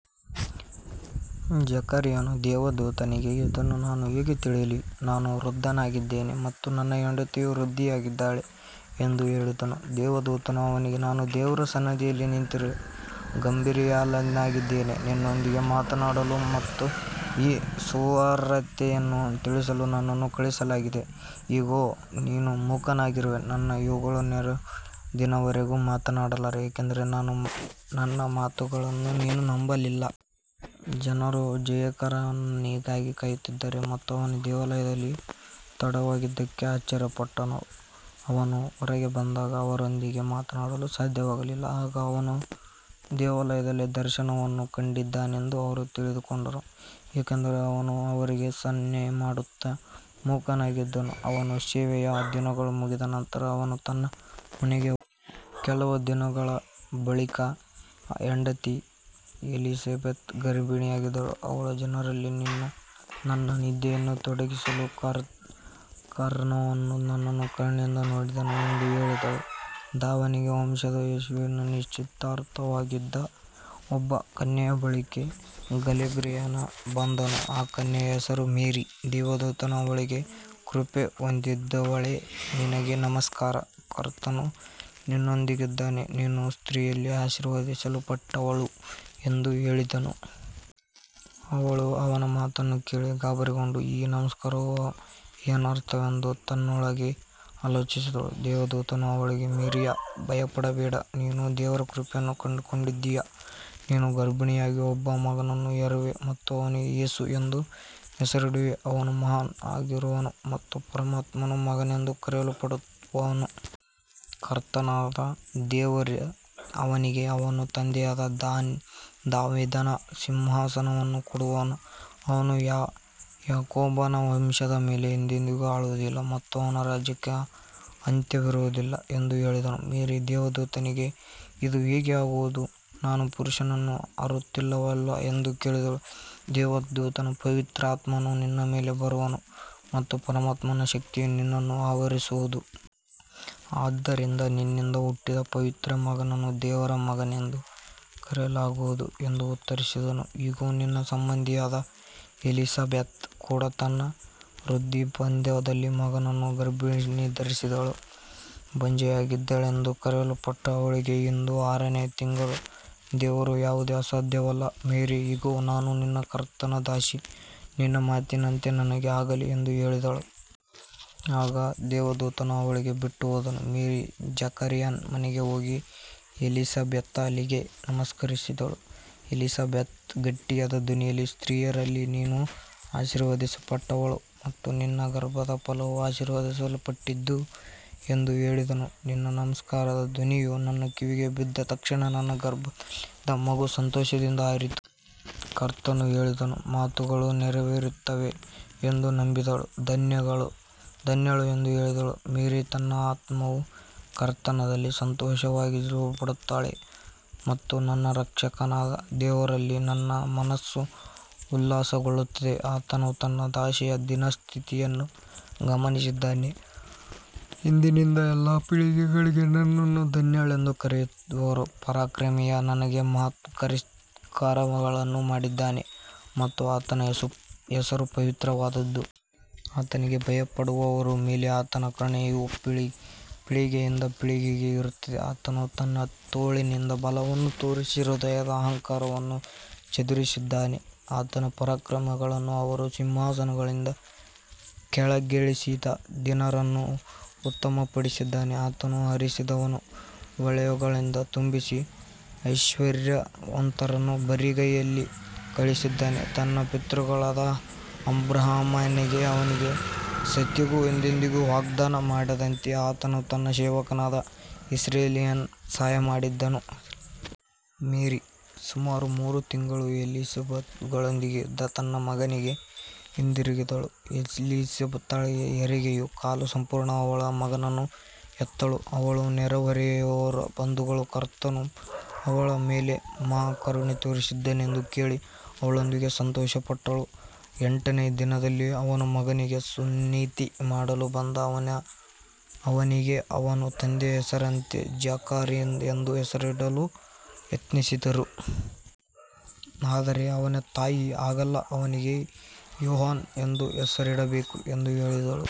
ಜಕರೀಯನು ದೇವದೂತನಿಗೆ, ಇದನ್ನು ನಾನು ಹೇಗೆ ತಿಳಿಯಲಿ, ನಾನು ವೃದ್ಧನಾಗಿದ್ದೇನೆ ಮತ್ತು ನನ್ನ ಹೆಂಡತಿಯೂ ವೃದ್ಧೆಯಾಗಿದ್ದಾಳೆ ಎಂದು ಹೇಳಿದನು. ದೇವದೂತನು ಅವನಿಗೆ, ನಾನು ದೇವರ ಸನ್ನಿಧಿಯಲ್ಲಿ ನಿಂತಿರುವ ಗಬ್ರಿಯೇಲನಾಗಿದ್ದೇನೆ. ನಿನ್ನೊಂದಿಗೆ ಮಾತನಾಡಲು ಮತ್ತು ಈ ಸುವಾರ್ತೆಯನ್ನು ತಿಳಿಸಲು ನನ್ನನ್ನು ಕಳುಹಿಸಲಾಗಿದೆ. ಇಗೋ, ನೀನು ಮೂಕನಾಗಿರುವೆ ಮತ್ತು ಇವುಗಳು ನೆರವೇರುವ ದಿನದವರೆಗೆ ಮಾತನಾಡಲಾರೆ, ಏಕೆಂದರೆ ನನ್ನ ಮಾತುಗಳನ್ನು ನೀನು ನಂಬಲಿಲ್ಲ. ಜನರು ಜಕರೀಯನಿಗಾಗಿ ಕಾಯುತ್ತಿದ್ದರು ಮತ್ತು ಅವನು ದೇವಾಲಯದಲ್ಲಿ ತಡವಾದುದಕ್ಕೆ ಆಶ್ಚರ್ಯಪಟ್ಟರು. ಅವನು ಹೊರಗೆ ಬಂದಾಗ ಅವರೊಂದಿಗೆ ಮಾತನಾಡಲು ಸಾಧ್ಯವಾಗಲಿಲ್ಲ. ಆಗ ಅವನು ದೇವಾಲಯದಲ್ಲಿ ದರ್ಶನವನ್ನು ಕಂಡಿದ್ದಾನೆಂದು ಅವರು ತಿಳಿದುಕೊಂಡರು, ಏಕೆಂದರೆ ಅವನು ಅವರಿಗೆ ಸನ್ನೆಮಾಡುತ್ತಾ ಮೂಕನಾಗಿದ್ದನು. ಅವನ ಸೇವೆಯ ದಿನಗಳು ಮುಗಿದ ನಂತರ ಅವನು ತನ್ನ ಮನೆಗೆ ಹೋದನು. ಕೆಲವು ದಿನಗಳ ಬಳಿಕ ಅವನ ಹೆಂಡತಿ ಎಲಿಸಬೆತ್ ಗರ್ಭಿಣಿಯಾದಳು. ಅವಳು, ಜನರಲ್ಲಿ ನನ್ನ ನಿಂದೆಯನ್ನು ತೊಲಗಿಸಲು ಕರ್ತನು ನನ್ನನ್ನು ಕರುಣೆಯಿಂದ ನೋಡಿದನು ಎಂದು ಹೇಳಿದಳು. ದಾವೀದನ ವಂಶದ ಯೋಸೇಫನಿಗೆ ನಿಶ್ಚಿತಾರ್ಥವಾಗಿದ್ದ ಒಬ್ಬ ಕನ್ಯೆಯ ಬಳಿಗೆ ಗಬ್ರಿಯೇಲನು ಬಂದನು. ಆ ಕನ್ಯೆಯ ಹೆಸರು ಮೇರಿ. ದೇವದೂತನು ಅವಳಿಗೆ, ಕೃಪೆ ಹೊಂದಿದವಳೇ, ನಿನಗೆ ನಮಸ್ಕಾರ, ಕರ್ತನು ನಿನ್ನೊಂದಿಗಿದ್ದಾನೆ, ನೀನು ಸ್ತ್ರೀಯರಲ್ಲಿ ಆಶೀರ್ವದಿಸಲ್ಪಟ್ಟವಳು ಎಂದು ಹೇಳಿದನು. ಅವಳು ಅವನ ಮಾತುಗಳನ್ನು ಕೇಳಿ ಗಾಬರಿಗೊಂಡು, ಈ ನಮಸ್ಕಾರವು ಏನರ್ಥವೆಂದು ತನ್ನೊಳಗೆ ಆಲೋಚಿಸಿದಳು. ದೇವದೂತನು ಅವಳಿಗೆ, ಮೇರಿಯೇ, ಭಯಪಡಬೇಡ, ನೀನು ದೇವರ ಕೃಪೆಯನ್ನು ಕಂಡುಕೊಂಡಿದ್ದೀಯೆ. ನೀನು ಗರ್ಭಿಣಿಯಾಗಿ ಒಬ್ಬ ಮಗನನ್ನು ಹೆರುವೆ ಮತ್ತು ಅವನಿಗೆ ಯೇಸು ಎಂದು ಹೆಸರಿಡುವೆ. ಅವನು ಮಹಾನ್ ಆಗಿರುವನು ಮತ್ತು ಪರಮಾತ್ಮನ ಮಗನೆಂದು ಕರೆಯಲ್ಪಡುವನು. ಕರ್ತನಾದ ದೇವರು ಅವನಿಗೆ ಅವನ ತಂದೆಯಾದ ದಾವೀದನ ಸಿಂಹಾಸನವನ್ನು ಕೊಡುವನು. ಅವನು ಯಾಕೋಬನ ವಂಶದ ಮೇಲೆ ಎಂದೆಂದಿಗೂ ಆಳುವನು ಮತ್ತು ಅವನ ರಾಜ್ಯಕ್ಕೆ ಅಂತ್ಯವಿರುವುದಿಲ್ಲ ಎಂದು ಹೇಳಿದನು. ಮೇರಿ ದೇವದೂತನಿಗೆ, ಇದು ಹೇಗೆ ಆಗುವುದು, ನಾನು ಪುರುಷನನ್ನು ಅರಿತಿಲ್ಲವಲ್ಲ ಎಂದು ಕೇಳಿದಳು. ದೇವದೂತನು, ಪವಿತ್ರಾತ್ಮನು ನಿನ್ನ ಮೇಲೆ ಬರುವನು ಮತ್ತು ಪರಮಾತ್ಮನ ಶಕ್ತಿಯು ನಿನ್ನನ್ನು ಆವರಿಸುವುದು. ಆದ್ದರಿಂದ ನಿನ್ನಿಂದ ಹುಟ್ಟುವ ಪವಿತ್ರ ಮಗುವನ್ನು ದೇವರ ಮಗನೆಂದು ಕರೆಯಲಾಗುವುದು ಎಂದು ಉತ್ತರಿಸಿದನು. ಇಗೋ, ನಿನ್ನ ಸಂಬಂಧಿಯಾದ ಎಲಿಸಬೆತ್ ಕೂಡ ತನ್ನ ವೃದ್ಧಾಪ್ಯದಲ್ಲಿ ಮಗನನ್ನು ಗರ್ಭಧರಿಸಿದ್ದಾಳೆ. ಬಂಜೆಯಾಗಿದ್ದಾಳೆಂದು ಕರೆಯಲ್ಪಟ್ಟ ಅವಳಿಗೆ ಇದು ಆರನೆಯ ತಿಂಗಳು. ದೇವರಿಗೆ ಯಾವುದೂ ಅಸಾಧ್ಯವಲ್ಲ. ಮೇರಿ, ಇಗೋ, ನಾನು ಕರ್ತನ ದಾಸಿ, ನಿನ್ನ ಮಾತಿನಂತೆ ನನಗೆ ಆಗಲಿ ಎಂದು ಹೇಳಿದಳು. ಆಗ ದೇವದೂತನು ಅವಳನ್ನು ಬಿಟ್ಟುಹೋದನು. ಮೇರಿ ಜಕರೀಯನ ಮನೆಗೆ ಹೋಗಿ ಎಲಿಸಬೆತಳಿಗೆ ನಮಸ್ಕರಿಸಿದಳು. ಎಲಿಸಬೆತ್ ಗಟ್ಟಿಯಾದ ಧ್ವನಿಯಲ್ಲಿ, ಸ್ತ್ರೀಯರಲ್ಲಿ ನೀನು ಆಶೀರ್ವದಿಸಲ್ಪಟ್ಟವಳು ಮತ್ತು ನಿನ್ನ ಗರ್ಭದ ಫಲವೂ ಆಶೀರ್ವದಿಸಲ್ಪಟ್ಟದ್ದು ಎಂದು ಹೇಳಿದಳು. ನಿನ್ನ ನಮಸ್ಕಾರದ ಧ್ವನಿಯು ನನ್ನ ಕಿವಿಗೆ ಬಿದ್ದ ತಕ್ಷಣ, ನನ್ನ ಗರ್ಭದಲ್ಲಿದ್ದ ಮಗು ಸಂತೋಷದಿಂದ ಹಾರಿತು. ಕರ್ತನು ಹೇಳಿದ ಮಾತುಗಳು ನೆರವೇರುತ್ತವೆ ಎಂದು ನಂಬಿದವಳು ಧನ್ಯಳು ಎಂದು ಹೇಳಿದಳು. ಮೇರಿ, ನನ್ನ ಆತ್ಮವು ಕರ್ತನಲ್ಲಿ ಸಂತೋಷಪಡುತ್ತದೆ ಮತ್ತು ನನ್ನ ರಕ್ಷಕನಾದ ದೇವರಲ್ಲಿ ನನ್ನ ಮನಸ್ಸು ಉಲ್ಲಾಸಗೊಳ್ಳುತ್ತದೆ. ಆತನು ತನ್ನ ದಾಸಿಯ ದೀನಸ್ಥಿತಿಯನ್ನು ಗಮನಿಸಿದ್ದಾನೆ. ಇಂದಿನಿಂದ ಎಲ್ಲಾ ಪೀಳಿಗೆಗಳು ನನ್ನನ್ನು ಧನ್ಯಳೆಂದು ಕರೆಯುವರು. ಪರಾಕ್ರಮಿಯು ನನಗೆ ಮಹತ್ಕಾರ್ಯಗಳನ್ನು ಮಾಡಿದ್ದಾನೆ ಮತ್ತು ಆತನ ಹೆಸರು ಪವಿತ್ರವಾಗಿದೆ. ಆತನಿಗೆ ಭಯಪಡುವವರ ಮೇಲೆ ಆತನ ಕರುಣೆಯು ಪೀಳಿಗೆಯಿಂದ ಪೀಳಿಗೆಗೆ ಇರುತ್ತದೆ. ಆತನು ತನ್ನ ತೋಳಿನಿಂದ ಬಲವನ್ನು ತೋರಿಸಿ, ಹೃದಯದ ಅಹಂಕಾರಿಗಳನ್ನು ಚದುರಿಸಿದ್ದಾನೆ. ಆತನು ಪರಾಕ್ರಮಿಗಳನ್ನು ಅವರ ಸಿಂಹಾಸನಗಳಿಂದ ಕೆಳಗಿಳಿಸಿ, ದೀನರನ್ನು ಉನ್ನತಪಡಿಸಿದ್ದಾನೆ. ಆತನು ಹಸಿದವರನ್ನು ಒಳ್ಳೆಯವುಗಳಿಂದ ತುಂಬಿಸಿ, ಐಶ್ವರ್ಯವಂತರನ್ನು ಬರಿಗೈಯಲ್ಲಿ ಕಳುಹಿಸಿದ್ದಾನೆ. ನಮ್ಮ ಪಿತೃಗಳಾದ ಅಬ್ರಹಾಮನಿಗೂ ಅವನ ಸಂತತಿಗೂ ಎಂದೆಂದಿಗೂ ವಾಗ್ದಾನ ಮಾಡಿದಂತೆ, ಆತನು ತನ್ನ ಸೇವಕನಾದ ಇಸ್ರಾಯೇಲಿಗೆ ಸಹಾಯಮಾಡಿದ್ದಾನೆ. ಮೇರಿ ಸುಮಾರು ಮೂರು ತಿಂಗಳು ಎಲಿಸಬೆತಳೊಂದಿಗೆ ಇದ್ದು ತನ್ನ ಮನೆಗೆ ಹಿಂದಿರುಗಿದಳು. ಎಲಿಸಬೆತಳಿಗೆ ಹೆರಿಗೆಯ ಕಾಲ ಪೂರ್ಣವಾಗಿ ಅವಳು ಮಗನನ್ನು ಹೆತ್ತಳು. ಅವಳ ನೆರೆಹೊರೆಯವರೂ ಬಂಧುಗಳೂ ಕರ್ತನು ಅವಳ ಮೇಲೆ ಮಹಾ ಕರುಣೆ ತೋರಿದ್ದಾನೆಂದು ಕೇಳಿ ಅವಳೊಂದಿಗೆ ಸಂತೋಷಪಟ್ಟರು. ಎಂಟನೆಯ ದಿನದಲ್ಲಿ ಅವರು ಮಗುವಿಗೆ ಸುನ್ನತಿ ಮಾಡಲು ಬಂದು, ಅವನಿಗೆ ಅವನ ತಂದೆಯ ಹೆಸರಿನಂತೆ ಜಕರೀಯ ಎಂದು ಹೆಸರಿಡಲು ಯತ್ನಿಸಿದರು. ಆದರೆ ಅವನ ತಾಯಿ, ಹಾಗಲ್ಲ, ಅವನಿಗೆ ಯೋಹಾನ ಎಂದು ಹೆಸರಿಡಬೇಕು ಎಂದು ಹೇಳಿದಳು.